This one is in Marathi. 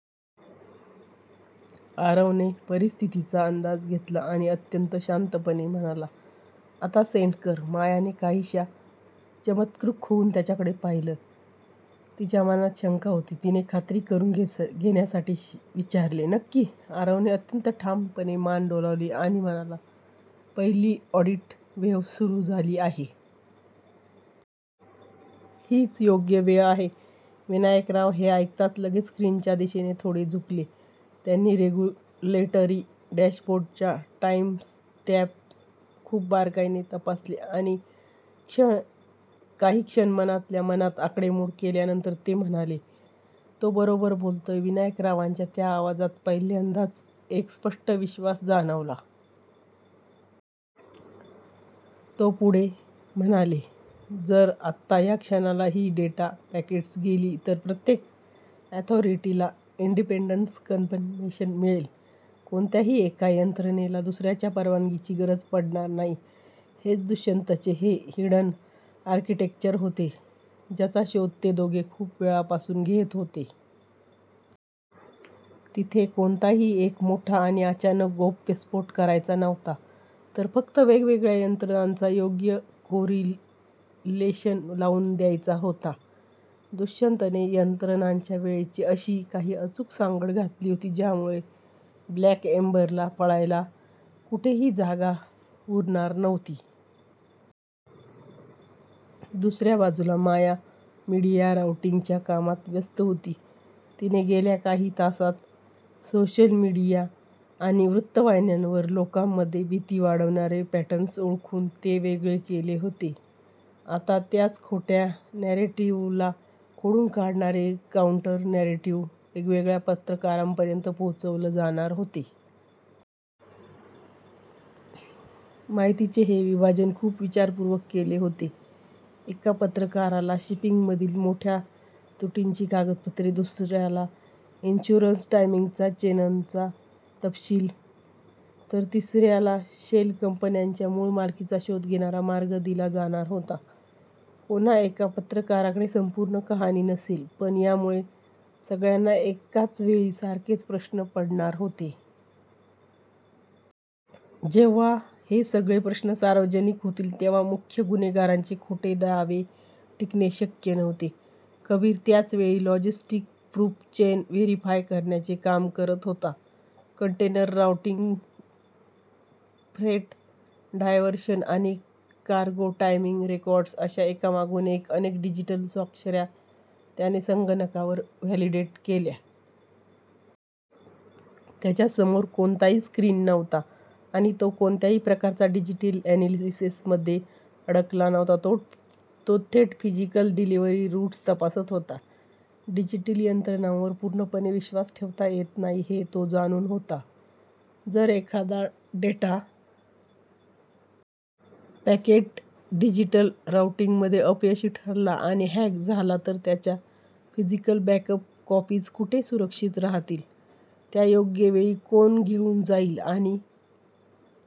आरवने परिस्थितीचा अंदाज घेतला आणि अत्यंत शांतपणे म्हणाला, "आता सेंड कर. " मायाने काहीशा चमत्कृत होऊन त्याच्याकडे पाहिले. तिच्या मनात शंका होती. तिने खात्री करून घेण्यासाठी विचारले, "नक्की? " आरवने अत्यंत ठामपणे मान डोलावली आणि म्हणाला, "पहिली ऑडिट वेव्ह सुरू झाली आहे. हीच योग्य वेळ आहे. " विनायकराव हे ऐकताच लगेच स्क्रीनच्या दिशेने थोडे झुकले. त्यांनी रेगुलेटरी डॅशबोर्डवरचे टाईमस्टॅम्प्स खूप बारकाईने तपासले. काही क्षण मनातल्या मनात आकडेमोड केल्यानंतर ते म्हणाले, "तो बरोबर बोलतोय. " विनायकरावांच्या त्या आवाजात पहिल्यांदाच एक स्पष्ट विश्वास जाणवला. ते पुढे म्हणाले, "जर आत्ता या क्षणाला ही डेटा पॅकेट्स गेली, तर प्रत्येक ऑथॉरिटीला इंडिपेंडंट कन्फर्मेशन मिळेल. कोणत्याही एका यंत्रणेला दुसऱ्याच्या परवानगीची गरज पडणार नाही. " हेच दुष्यंतचे ते हिडन आर्किटेक्चर होते, ज्याचा शोध ते दोघे खूप वेळापासून घेत होते. तिथे कोणताही एक मोठा आणि अचानक गौप्यस्फोट करायचा नव्हता, तर फक्त वेगवेगळ्या यंत्रणांचा योग्य कोरिलेशन लावून द्यायचा होता. दुष्यंतने यंत्रणांच्या वेळेची अशी काही अचूक सांगड घातली होती, ज्यामुळे ब्लॅक एम्बरला पळायला कुठेही जागा उरणार नव्हती. दुसऱ्या बाजूला माया मीडिया राऊटिंगच्या कामात व्यस्त होती. तिने गेल्या काही तासांत सोशल मीडिया आणि वृत्तवाहिन्यांवर लोकांमध्ये भीती वाढवणारे पॅटर्न्स ओळखून ते वेगळे केले होते. आता त्याच खोट्या नॅरेटिव्हला खोडून काढणारे काउंटर-नॅरेटिव्ह्ज वेगवेगळ्या पत्रकारांपर्यंत पोहोचवले जाणार होते. माहितीचे हे विभाजन खूप विचारपूर्वक केले होते. एका पत्रकाराला शिपिंगमधील मोठ्या त्रुटींची कागदपत्रे, दुसऱ्याला इन्शुरन्स टायमिंग चेनचा तपशील, तर तिसऱ्याला शेल कंपन्यांच्या मूळ मालकीचा शोध घेणारा मार्ग दिला जाणार होता. कोणा एका पत्रकाराकडे संपूर्ण कहाणी नसेल, पण यामुळे सगळ्यांना एकाच वेळी सारखेच प्रश्न पडणार होते. जेव्हा हे सगळे प्रश्न सार्वजनिक होतील, तेव्हा मुख्य गुन्हेगारांचे खोटे दावे टिकणे शक्य नव्हते. कबीर त्याच वेळी लॉजिस्टिक प्रूफ चेन व्हेरीफाय करण्याचे काम करत होता. कंटेनर राऊटिंग, फ्रेट डायव्हर्शन आणि कार्गो टायमिंग रेकॉर्ड्स अशा एकामागून एक अनेक डिजिटल स्वाक्षऱ्या त्याने संगणकावर व्हॅलिडेट केल्या. त्याच्यासमोर कोणताही स्क्रीन नव्हता आणि तो कोणत्याही प्रकारच्या डिजिटल अनालिसिसमध्ये अडकला नव्हता. तो थेट फिजिकल डिलिव्हरी रूट्स तपासत होता. डिजिटल यंत्रणांवर पूर्णपणे विश्वास ठेवता येत नाही, हे तो जाणून होता. जर एखादा डेटा पॅकेट डिजिटल राऊटिंगमध्ये अपयशी ठरला किंवा हॅक झाला, तर त्याच्या फिजिकल बॅकअप कॉपीज कुठे सुरक्षित राहतील, त्या योग्य वेळी कोण घेऊन जाईल आणि